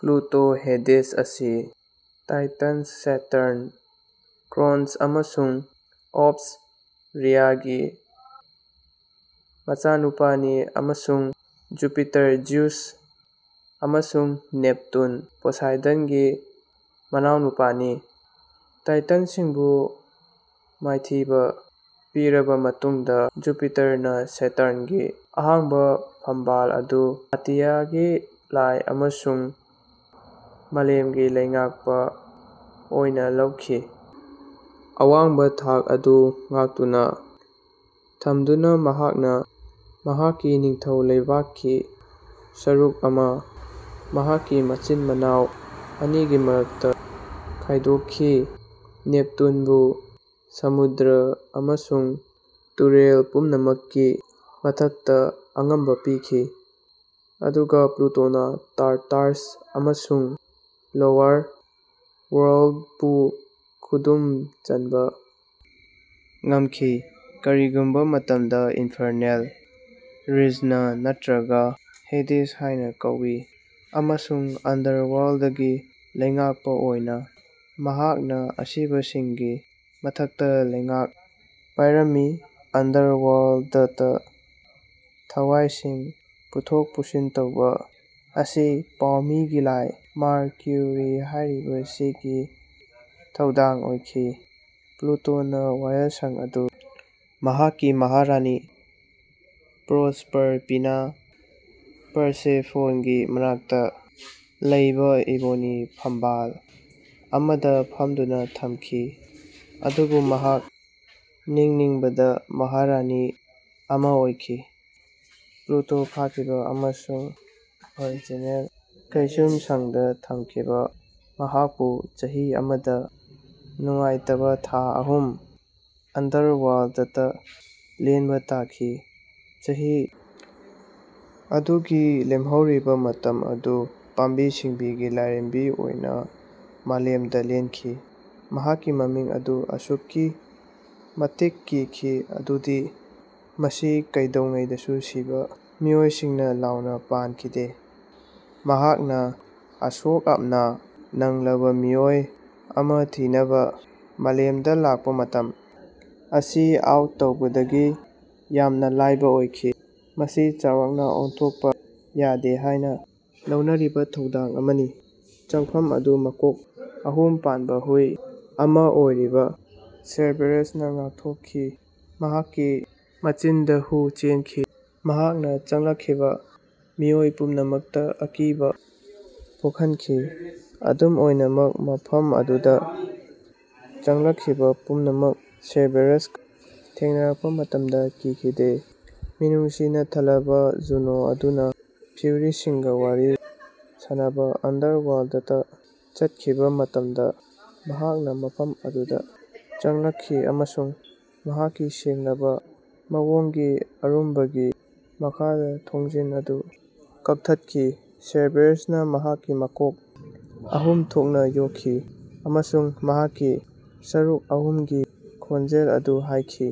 Pluto Hades ꯑꯁꯤ Titans Saturn Cronus ꯑꯃꯁꯨꯡ Ops ꯔꯤꯌꯥꯒꯤ ꯃꯆꯥꯅꯨꯄꯥꯅꯤ ꯑꯃꯁꯨꯡ ꯖꯨꯄꯤꯇꯔ ꯖꯤꯎꯁ ꯑꯃꯁꯨꯡ ꯅꯦꯞꯇꯨꯟ ꯄꯣꯁꯥꯏꯗꯟꯒꯤ ꯃꯅꯥꯎꯅꯨꯄꯥꯅꯤ꯫ ꯇꯥꯏꯇꯟꯁꯤꯡꯕꯨ ꯃꯥꯏꯊꯤꯕ ꯄꯤꯔꯕ ꯃꯇꯨꯡꯗ ꯖꯨꯄꯤꯇꯔꯅ ꯁꯦꯇꯔꯟꯒꯤ ꯑꯍꯥꯡꯕ ꯐꯝꯕꯥꯜ ꯑꯗꯨ ꯑꯇꯤꯌꯥꯒꯤ ꯂꯥꯏ ꯑꯃꯁꯨꯡ ꯃꯥꯂꯦꯝꯒꯤ ꯂꯩꯉꯥꯛꯄ ꯑꯣꯏꯅ ꯂꯧꯈꯤ꯫ ꯑꯋꯥꯡꯕ ꯊꯥꯛ ꯑꯗꯨ ꯉꯥꯛꯇꯨꯅ ꯊꯝꯗꯨꯅ ꯃꯍꯥꯛꯅ ꯃꯍꯥꯛꯀꯤ ꯅꯤꯡꯊꯧ ꯂꯩꯕꯥꯛꯀꯤ ꯁꯔꯨꯛ ꯑꯃꯥ ꯃꯍꯥꯛꯀꯤ ꯃꯆꯤꯟ ꯃꯅꯥꯎ ꯑꯅꯤꯒꯤ ꯃꯔꯛꯇ ꯈꯥꯏꯗꯣꯛꯈꯤ ꯅꯦꯞꯇꯨꯟꯕꯨ ꯁꯃꯨꯗ꯭ꯔ ꯑꯃꯁꯨꯡ ꯇꯨꯔꯦꯜ ꯄꯨꯝꯅꯃꯛꯀꯤ ꯃꯊꯛꯇ ꯑꯉꯝꯕ ꯄꯤꯈꯤ ꯑꯗꯨꯒ ꯄ꯭ꯂꯨꯇꯣꯅ ꯇꯥꯔꯇꯥꯔꯁ ꯑꯃꯁꯨꯡ ꯂꯣꯋꯔ ꯋꯔꯜ꯭ꯗꯄꯨ ꯈꯨꯗꯨꯝ ꯆꯟꯕ ꯉꯝꯈꯤ ꯀꯔꯤꯒꯨꯝꯕ ꯃꯇꯝꯗ ꯏꯟꯐꯔꯅꯦꯜ ꯔꯤꯖꯟ ꯅꯠꯇ꯭ꯔꯒ ꯍꯦꯗꯤꯁ ꯍꯥꯏꯅ ꯀꯧꯏ ꯑꯃꯁꯨꯡ ꯑꯟꯗꯔꯋꯥꯔꯜꯗꯀꯤ ꯂꯩꯉꯥꯛꯄ ꯑꯣꯏꯅ ꯃꯍꯥꯛꯅ ꯑꯁꯤꯕꯁꯤꯡꯒꯤ ꯃꯊꯛꯇ ꯂꯩꯉꯥꯛ ꯄꯥꯏꯔꯝꯃꯤ ꯑꯟꯗꯔꯋꯥꯔꯜꯗꯇ ꯊꯋꯥꯏꯁꯤꯡ ꯄꯨꯊꯣꯛ ꯄꯨꯁꯤꯟ ꯇꯧꯕ ꯑꯁꯤ ꯄꯥꯎꯃꯤꯒꯤ ꯂꯥꯏ ꯃꯥꯔꯀ꯭ꯌꯨꯔꯤ ꯍꯥꯏꯔꯤꯕꯁꯤꯒꯤ ꯊꯧꯗꯥꯡ ꯑꯣꯏꯈꯤ꯫ ꯄ꯭ꯂꯨꯇꯣꯅ ꯋꯥꯌꯦꯜꯁꯪ ꯑꯗꯨ ꯃꯍꯥꯛꯀꯤ ꯃꯍꯥꯔꯥꯅꯤ ꯄ꯭ꯔꯣꯁꯔꯄꯤꯅꯥ ꯄꯔꯁꯦꯐꯣꯟꯒꯤ ꯃꯅꯥꯛꯇ ꯂꯩꯕ ꯏꯕꯣꯅꯤ ꯐꯝꯕꯥꯜ ꯑꯃꯗ ꯐꯝꯗꯨꯅ ꯊꯝꯈꯤ ꯑꯗꯨꯕꯨ ꯃꯍꯥꯛ ꯅꯤꯡꯅꯤꯡꯗꯕ ꯃꯍꯥꯔꯥꯅꯤ ꯑꯃ ꯑꯣꯏꯈꯤ꯫ ꯄ꯭ꯂꯨꯇꯣꯅ ꯐꯥꯈꯤꯕ ꯑꯃꯁꯨꯡ ꯚꯔꯆꯨꯑꯦꯜ ꯀꯩꯁꯨꯝꯁꯪꯗ ꯊꯝꯈꯤꯕ ꯃꯍꯥꯛꯄꯨ ꯆꯍꯤ ꯑꯃꯗ ꯅꯨꯡꯉꯥꯏꯇꯕ ꯊꯥ ꯑꯍꯨꯝ ꯑꯟꯗꯔꯋꯥꯔꯜꯗꯇ ꯂꯦꯟꯕ ꯇꯥꯈꯤ꯫ ꯆꯍꯤ ꯑꯗꯨꯒꯤ ꯂꯦꯝꯍꯧꯔꯤꯕ ꯃꯇꯝ ꯑꯗꯨ ꯄꯥꯝꯕꯤ ꯁꯤꯡꯕꯤꯒꯤ ꯂꯥꯏꯔꯦꯝꯕꯤ ꯑꯣꯏꯅ ꯃꯥꯂꯦꯝꯗ ꯂꯦꯟꯈꯤ꯫ ꯃꯍꯥꯛꯀꯤ ꯃꯃꯤꯡ ꯑꯗꯨ ꯑꯁꯨꯛꯀꯤ ꯃꯇꯤꯛ ꯀꯤꯈꯤ ꯑꯗꯨꯗꯤ ꯃꯁꯤ ꯀꯩꯗꯧꯉꯩꯗꯁꯨ ꯁꯤꯕ ꯃꯤꯑꯣꯏꯁꯤꯡꯅ ꯂꯥꯎꯅ ꯄꯥꯟꯈꯤꯗꯦ꯫ ꯃꯍꯥꯛꯅ ꯑꯁꯣꯛ ꯌꯥꯝꯅ ꯅꯪꯂꯕ ꯃꯤꯑꯣꯏ ꯑꯃ ꯊꯤꯅꯕ ꯃꯥꯂꯦꯝꯗ ꯂꯥꯛꯄ ꯃꯇꯝ ꯑꯁꯤ ꯑꯥꯎꯠ ꯇꯧꯕꯗꯒꯤ ꯌꯥꯝꯅ ꯂꯥꯏꯕ ꯑꯣꯏꯈꯤ ꯃꯁꯤ ꯆꯥꯎꯔꯥꯛꯅ ꯑꯣꯏꯊꯣꯛꯄ ꯌꯥꯗꯦ ꯍꯥꯏꯅ ꯂꯧꯅꯔꯤꯕ ꯊꯧꯗꯥꯡ ꯑꯃꯅꯤ꯫ ꯆꯪꯐꯝ ꯑꯗꯨ ꯃꯀꯣꯛ ꯑꯍꯨꯝ ꯄꯥꯟꯕ ꯍꯨꯏ ꯑꯃ ꯑꯣꯏꯔꯤꯕ ꯁꯦꯔꯕꯦꯔꯁꯅ ꯉꯥꯛꯊꯣꯛꯈꯤ ꯃꯍꯥꯛꯀꯤ ꯃꯆꯤꯟꯗ ꯍꯨ ꯆꯦꯟꯈꯤ ꯃꯍꯥꯛꯅ ꯆꯪꯂꯛꯈꯤꯕ ꯃꯤꯑꯣꯏ ꯄꯨꯝꯅꯃꯛꯇ ꯑꯀꯤꯕ ꯄꯣꯛꯍꯟꯈꯤ꯫ ꯑꯗꯨꯝ ꯑꯣꯏꯅꯃꯛ ꯃꯐꯝ ꯑꯗꯨꯗ ꯆꯪꯂꯛꯈꯤꯕ ꯄꯨꯝꯅꯃꯛ ꯁꯦꯔꯕꯦꯔꯁꯀ ꯊꯦꯡꯅꯔꯛꯄ ꯃꯇꯝꯗ ꯀꯤꯈꯤꯗꯦ꯫ ꯃꯤꯅꯨꯡꯁꯤꯅ ꯊꯜꯂꯕ ꯖꯨꯅꯣ ꯑꯗꯨꯅ ꯐ꯭ꯌꯨꯔꯤꯁꯤꯡꯒ ꯋꯥꯔꯤ ꯁꯥꯅꯅꯕ ꯑꯟꯗꯔꯋꯥꯔꯜꯗꯇ ꯆꯠꯈꯤꯕ ꯃꯇꯝꯗ ꯃꯍꯥꯛꯅ ꯃꯐꯝ ꯑꯗꯨꯗ ꯆꯪꯂꯛꯈꯤ ꯑꯃꯁꯨꯡ ꯃꯍꯥꯛꯀꯤ ꯁꯦꯡꯂꯕ ꯃꯑꯣꯡꯒꯤ ꯑꯔꯨꯝꯕꯒꯤ ꯃꯈꯥꯗ ꯊꯣꯡꯖꯤꯟ ꯑꯗꯨ ꯀꯛꯊꯠꯈꯤ꯫ ꯁꯦꯔꯕꯦꯔꯁꯅ ꯃꯍꯥꯛꯀꯤ ꯃꯀꯣꯛ ꯑꯍꯨꯝ ꯊꯣꯛꯅ ꯌꯣꯛꯈꯤ ꯑꯃꯁꯨꯡ ꯃꯍꯥꯛꯀꯤ ꯁꯔꯨꯛ ꯑꯍꯨꯝꯒꯤ ꯈꯣꯟꯖꯦꯜ ꯑꯗꯨ ꯍꯥꯏꯈꯤ꯫